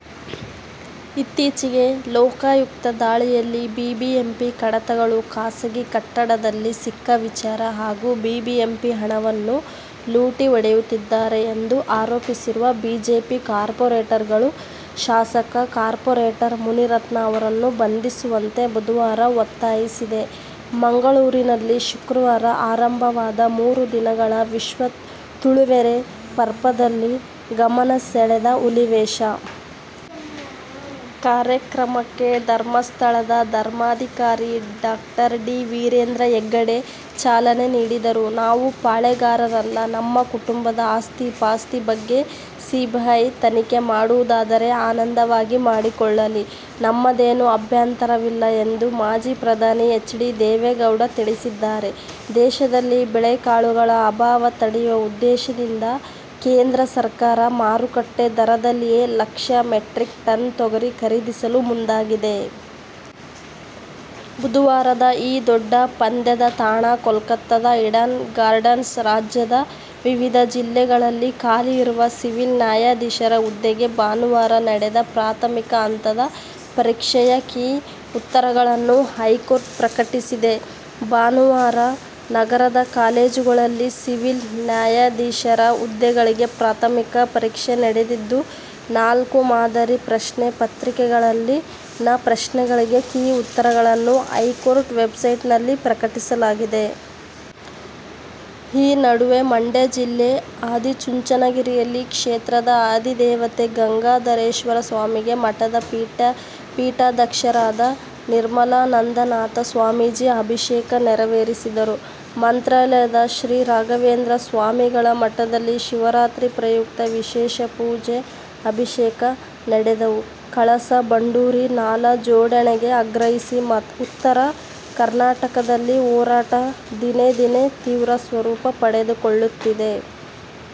ಇತ್ತೀಚೆಗೆ ಲೋಕಾಯುಕ್ತ ದಾಳಿಯಲ್ಲಿ ಬಿಬಿಎಂಪಿ ಕಡತಗಳು ಖಾಸಗಿ ಕಟ್ಟಡದಲ್ಲಿ ಸಿಕ್ಕ ವಿಚಾರ ಹಾಗೂ ಬಿಬಿಎಂಪಿ ಹಣವನ್ನು ಲೂಟಿ ಹೊಡೆಯುತ್ತಿದ್ದಾರೆ ಎಂದು ಆರೋಪಿಸಿರುವ ಬಿಜೆಪಿ ಕಾರ್ಪೋರೇಟರ್ ಗಳು ಶಾಸಕ, ಕಾರ್ಪೋರೇಟರ್ ಮುನಿರತ್ನ ಅವರನ್ನು ಬಂಧಿಸುವಂತೆ ಬುಧವಾರ ಒತ್ತಾಯಿಸಿದೆ. ಮಂಗಳೂರಿನಲ್ಲಿ ಶುಕ್ರವಾರ ಆರಂಭವಾದ ಮೂರು ದಿನಗಳ ವಿಶ್ವ ತುಳುವೆರೆ ಪರ್ಬದಲ್ಲಿ ಗಮನ ಸೆಳೆದ ಹುಲಿವೇಷ. ಕಾರ್ಯಕ್ರಮಕ್ಕೆ ಧರ್ಮಸ್ಥಳದ ಧರ್ಮಾಧಿಕಾರಿ ಡಾ. ಡಿ. ವೀರೇಂದ್ರ ಹೆಗ್ಗಡೆ ಚಾಲನೆ ನೀಡಿದರು. ನಾವು ಪಾಳೇಗಾರರಲ್ಲ, ನಮ್ಮ ಕುಟುಂಬದ ಆಸ್ತಿ-ಪಾಸ್ತಿ ಬಗ್ಗೆ ಸಿಬಿಐ ತನಿಖೆ ಮಾಡುವುದಾದರೆ ಆನಂದವಾಗಿ ಮಾಡಿಕೊಳ್ಳಲಿ. ನಮ್ಮದೇನೂ ಅಭ್ಯಂತರವಿಲ್ಲ ಎಂದು ಮಾಜಿ ಪ್ರಧಾನಿ ಎಚ್. ಡಿ. ದೇವೇಗೌಡ ತಿಳಿಸಿದ್ದಾರೆ. ದೇಶದಲ್ಲಿ ಬೇಳೆಕಾಳುಗಳ ಅಭಾವ ತಡೆಯುವ ಉದ್ದೇಶದಿಂದ ಕೇಂದ್ರ ಸರ್ಕಾರ ಮಾರುಕಟ್ಟೆ ದರದಲ್ಲಿಯೇ ಲಕ್ಷ ಮೆಟ್ರಿಕ್ ಟನ್ ತೊಗರಿ ಖರೀದಿಸಲು ಮುಂದಾಗಿದೆ. ಬುಧವಾರದ ಈ ದೊಡ್ಡ ಪಂದ್ಯದ ತಾಣ ಕೋಲ್ಕತಾದ "ಈಡನ್ ಗಾರ್ಡನ್ಸ್'. ರಾಜ್ಯದ ವಿವಿಧ ಜಿಲ್ಲೆಗಳಲ್ಲಿ ಖಾಲಿಯಿರುವ ಸಿವಿಲ್ ನ್ಯಾಯಾಧೀಶರ ಹುದ್ದೆಗೆ ಭಾನುವಾರ ನಡೆದ ಪ್ರಾಥಮಿಕ ಹಂತದ ಪರೀಕ್ಷೆಯ ಕೀ ಉತ್ತರಗಳನ್ನು ಹೈಕೋರ್ಟ್ ಪ್ರಕಟಿಸಿದೆ. ಭಾನುವಾರ ನಗರದ ಕಾಲೇಜುಗಳಲ್ಲಿ ಸಿವಿಲ್ ನ್ಯಾಯಾಧೀಶರ ಹುದ್ದೆಗಳಿಗೆ ಪ್ರಾಥಮಿಕ ಪರೀಕ್ಷೆ ನಡೆದಿದ್ದು, ನಾಲ್ಕು ಮಾದರಿ ಪ್ರಶ್ನೆ ಪ್ರತ್ರಿಕೆಗಳಲ್ಲಿನ ಪ್ರಶ್ನೆಗಳಿಗೆ ಕೀ ಉತ್ತರಗಳನ್ನು ಹೈಕೋರ್ಟ್ ವೆಬ್ಸೈಟ್ನಲ್ಲಿ ಪ್ರಕಟಿಸಲಾಗಿದೆ. ಈ ನಡುವೆ, ಮಂಡ್ಯ ಜಿಲ್ಲೆ ಆದಿಚುಂಚನಗಿರಿಯಲ್ಲಿ ಕ್ಷೇತ್ರದ ಅದಿದೇವತೆ ಗಂಗಾಧರೇಶ್ವರಸ್ವಾಮಿಗೆ ಮಠದ ಪೀಠಾಧ್ಯಕ್ಷರಾದ ನಿರ್ಮಲಾನಂದನಾಥಸ್ವಾಮೀಜಿ ಅಭಿಷೇಕ ನೆರವೇರಿಸಿದರು. ಮಂತ್ರಾಲಯದ ಶ್ರೀ ರಾಘವೇಂದ್ರ ಸ್ವಾಮಿಗಳ ಮಠದಲ್ಲಿ ಶಿವರಾತ್ರಿ ಪ್ರಯುಕ್ತ ವಿಶೇಷ ಪೂಜೆ, ಅಭಿಷೇಕ ನಡೆದವು. ಕಳಸಾ- ಬಂಡೂರಿ ನಾಲಾ ಜೋಡಣೆಗೆ ಆಗ್ರಹಿಸಿ ಉತ್ತರ ಕರ್ನಾಟಕದಲ್ಲಿ ಹೋರಾಟ ದಿನೇ ದಿನೇ ತೀವ್ರ ಸ್ವರೂಪ ಪಡೆದುಕೊಳ್ಳುತ್ತಿದೆ.